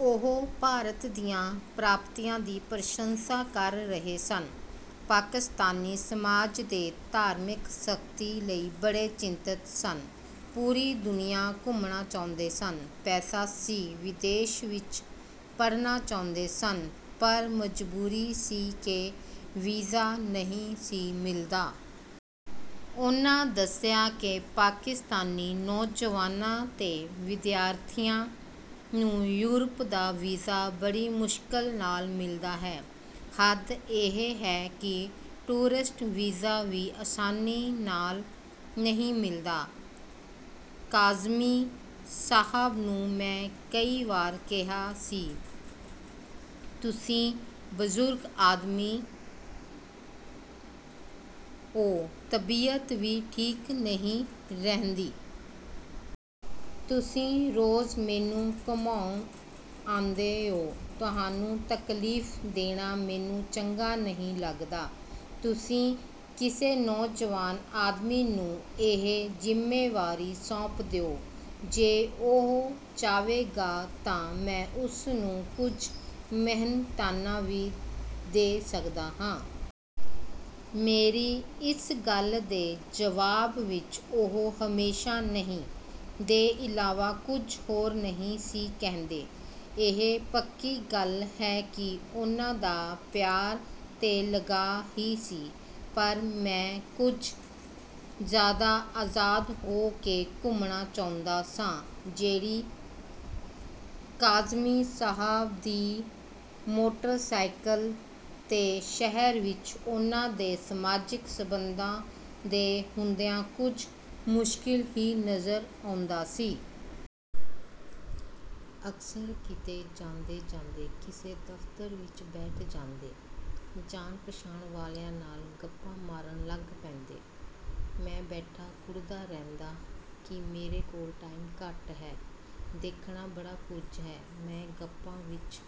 ਉਹ ਭਾਰਤ ਦੀਆਂ ਪ੍ਰਾਪਤੀਆਂ ਦੀ ਪ੍ਰਸ਼ੰਸਾ ਕਰ ਰਹੇ ਸਨ। ਪਾਕਿਸਤਾਨੀ ਸਮਾਜ ਦੇ ' ਧਾਰਮਿਕ ਸਖ਼ਤੀ ' ਲਈ ਬੜੇ ਚਿੰਤਤ ਸਨ। ਪੂਰੀ ਦੁਨੀਆਂ ਘੁੰਮਣਾ ਚਾਹੁੰਦੇ ਸਨ। ਪੈਸਾ ਸੀ। ਵਿਦੇਸ਼ ਵਿੱਚ ਪੜ੍ਹਨਾ ਚਾਹੁੰਦੇ ਸਨ। ਪਰ ਮਜਬੂਰੀ ਸੀ ਕਿ ਵੀਜ਼ਾ ਨਹੀਂ ਸੀ ਮਿਲਦਾ। ਉਹਨਾਂ ਦੱਸਿਆ ਕਿ ਪਾਕਿਸਤਾਨੀ ਨੌਜਵਾਨਾਂ ਤੇ ਵਿਦਿਆਰਥੀਆਂ ਨੂੰ ਯੂਰਪ ਦਾ ਵੀਜ਼ਾ ਬੜੀ ਮੁਸ਼ਕਲ ਨਾਲ ਮਿਲਦਾ ਹੈ। ਹੱਦ ਇਹ ਹੈ ਕਿ ਟੂਰਿਸਟ ਵੀਜ਼ਾ ਵੀ ਆਸਾਨੀ ਨਾਲ ਨਹੀਂ ਮਿਲਦਾ। ਕਾਜ਼ਮੀ ਸਾਹਬ ਨੂੰ ਮੈਂ ਕਈ ਵਾਰੀ ਕਿਹਾ ਸੀ, "ਤੁਸੀਂ ਬਜ਼ੁਰਗ ਆਦਮੀ ਓ, ਤਬੀਅਤ ਵੀ ਠੀਕ ਨਹੀਂ ਰਹਿੰਦੀ। ਤੁਸੀਂ ਰੋਜ਼ ਮੈਨੂੰ ਘੁਮਾਉਣ ਆਉਂਦੇ ਓ। ਤੁਹਾਨੂੰ ਤਕਲੀਫ਼ ਦੇਣਾ ਮੈਨੂੰ ਚੰਗਾ ਨਹੀਂ ਲੱਗਦਾ। ਤੁਸੀਂ ਕਿਸੇ ਨੌਜਵਾਨ ਆਦਮੀ ਨੂੰ ਇਹ ਜ਼ਿੰਮੇਵਾਰੀ ਸੌਂਪ ਦਿਓ। ਜੇ ਉਹ ਚਾਹੇਗਾ ਤਾਂ ਮੈਂ ਉਸਨੂੰ ਕੁਝ ਮਿਹਨਤਾਨਾ ਵੀ ਦੇ ਸਕਦਾ ਹਾਂ।" ਮੇਰੀ ਇਸ ਗੱਲ ਦੇ ਜਵਾਬ ਵਿੱਚ ਉਹ ਹਮੇਸ਼ਾ 'ਨਹੀਂ' ਦੇ ਇਲਾਵਾ ਕੁਝ ਹੋਰ ਨਹੀਂ ਸੀ ਕਹਿੰਦੇ। ਇਹ ਪੱਕੀ ਗੱਲ ਹੈ ਕਿ ਉਹਨਾਂ ਦਾ ਪਿਆਰ ਤੇ ਲਗਾਅ ਹੀ ਸੀ। ਪਰ ਮੈਂ ਕੁਝ ਜ਼ਿਆਦਾ ਆਜ਼ਾਦ ਹੋ ਕੇ ਘੁੰਮਣਾ ਚਾਹੁੰਦਾ ਸਾਂ, ਜਿਹੜਾ ਕਾਜ਼ਮੀ ਸਾਹਬ ਦੀ ਮੋਟਰ-ਸਾਈਕਲ 'ਤੇ ਸ਼ਹਿਰ ਵਿੱਚ ਉਹਨਾਂ ਦੇ ਸਮਾਜਿਕ ਸੰਬੰਧਾਂ ਦੇ ਹੁੰਦਿਆਂ ਕੁਝ ਮੁਸ਼ਕਲ ਹੀ ਨਜ਼ਰ ਆਉਂਦਾ ਸੀ। ਅਕਸਰ ਕਿਤੇ ਜਾਂਦੇ-ਜਾਂਦੇ ਕਿਸੇ ਦਫ਼ਤਰ ਵਿੱਚ ਬੈਠ ਜਾਂਦੇ, ਜਾਣ-ਪਛਾਣ ਵਾਲਿਆਂ ਨਾਲ ਗੱਪਾਂ ਮਾਰਨ ਲੱਗ ਪੈਂਦੇ। ਮੈਂ ਬੈਠਾ ਕੁੜ੍ਹਦਾ ਰਹਿੰਦਾ ਕਿ ਮੇਰੇ ਕੋਲ ਟਾਈਮ ਘੱਟ ਹੈ, ਦੇਖਣਾ ਬੜਾ ਕੁਝ ਹੈ। ਮੈਂ ਗੱਪਾਂ ਵਿੱਚ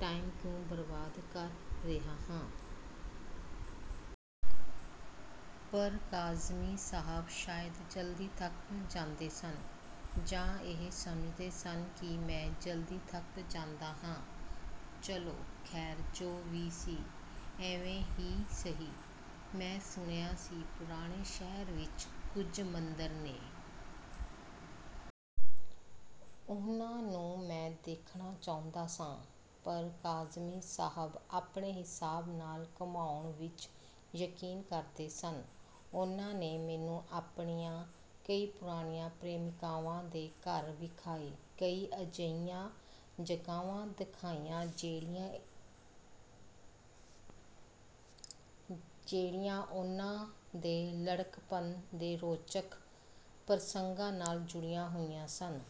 ਟਾਈਮ ਕਿਉਂ ਬਰਬਾਦ ਕਰ ਰਿਹਾ ਹਾਂ? ਪਰ ਕਾਜ਼ਮੀ ਸਾਹਬ ਸ਼ਾਇਦ ਜਲਦੀ ਥੱਕ ਜਾਂਦੇ ਸਨ ਜਾਂ ਇਹ ਸਮਝਦੇ ਸਨ ਕਿ ਮੈਂ ਜਲਦੀ ਥੱਕ ਜਾਂਦਾ ਹਾਂ। ਚਲੋ ਖ਼ੈਰ, ਜੋ ਵੀ ਸੀ, ਇਵੇਂ ਹੀ ਸਹੀ। ਮੈਂ ਸੁਣਿਆ ਸੀ, ਪੁਰਾਣੇ ਸ਼ਹਿਰ ਵਿੱਚ ਕੁਝ ਮੰਦਰ ਨੇ। ਉਹਨਾਂ ਨੂੰ ਮੈਂ ਦੇਖਣਾ ਚਾਹੁੰਦਾ ਸਾਂ। ਪਰ ਕਾਜ਼ਮੀ ਸਾਹਬ ਆਪਣੇ ਹਿਸਾਬ ਨਾਲ ਘੁਮਾਉਣ ਵਿੱਚ ਯਕੀਨ ਕਰਦੇ ਸਨ। ਉਹਨਾਂ ਨੇ ਮੈਨੂੰ ਆਪਣੀਆਂ ਕਈ ਪੁਰਾਣੀਆਂ ਪ੍ਰੇਮਿਕਾਵਾਂ ਦੇ ਘਰ ਵਿਖਾਏ। ਕਈ ਅਜਿਹੀਆਂ ਜਗ੍ਹਾਵਾਂ ਦਿਖਾਈਆਂ, ਜਿਹੜੀਆਂ ਉਹਨਾਂ ਦੇ ਲੜਕਪਨ ਦੇ ਰੋਚਕ ਪ੍ਰਸੰਗਾਂ ਨਾਲ ਜੁੜੀਆਂ ਹੋਈਆਂ ਸਨ।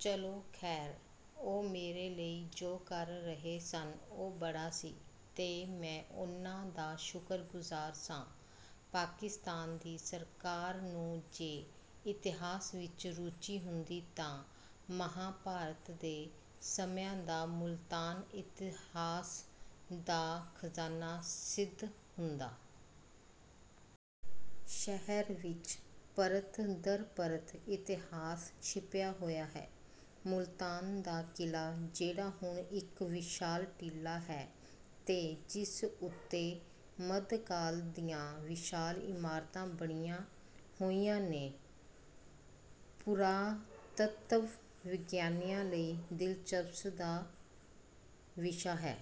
ਚਲੋ ਖ਼ੈਰ, ਉਹ ਮੇਰੇ ਲਈ ਜੋ ਕਰ ਰਹੇ ਸਨ, ਉਹ ਬੜਾ ਸੀ ਤੇ ਮੈਂ ਉਹਨਾਂ ਦਾ ਸ਼ੁਕਰਗੁਜ਼ਾਰ ਸਾਂ। ਪਾਕਿਸਤਾਨ ਦੀ ਸਰਕਾਰ ਨੂੰ ਜੇ ਇਤਿਹਾਸ ਵਿੱਚ ਰੁਚੀ ਹੁੰਦੀ ਤਾਂ ਮਹਾਭਾਰਤ ਦੇ ਸਮਿਆਂ ਦਾ ਮੁਲਤਾਨ ਇਤਿਹਾਸ ਦਾ ਖ਼ਜ਼ਾਨਾ ਸਿੱਧ ਹੁੰਦਾ। ਸ਼ਹਿਰ ਵਿੱਚ ਪਰਤ ਦਰ ਪਰਤ ਇਤਿਹਾਸ ਛਿਪਿਆ ਹੋਇਆ ਹੈ। ਮੁਲਤਾਨ ਦਾ ਕਿਲ੍ਹਾ, ਜਿਹੜਾ ਹੁਣ ਇਕ ਵਿਸ਼ਾਲ ਟੀਲਾ ਹੈ ਤੇ ਜਿਸ ਉੱਤੇ ਮੱਧਕਾਲ ਦੀਆਂ ਵਿਸ਼ਾਲ ਇਮਾਰਤਾਂ ਬਣੀਆਂ ਹੋਈਆਂ ਨੇ, ਪੁਰਾਤੱਤਵ-ਵਿਗਿਆਨੀਆਂ ਲਈ ਦਿਲਚਸਪੀ ਦਾ ਵਿਸ਼ਾ ਹੈ।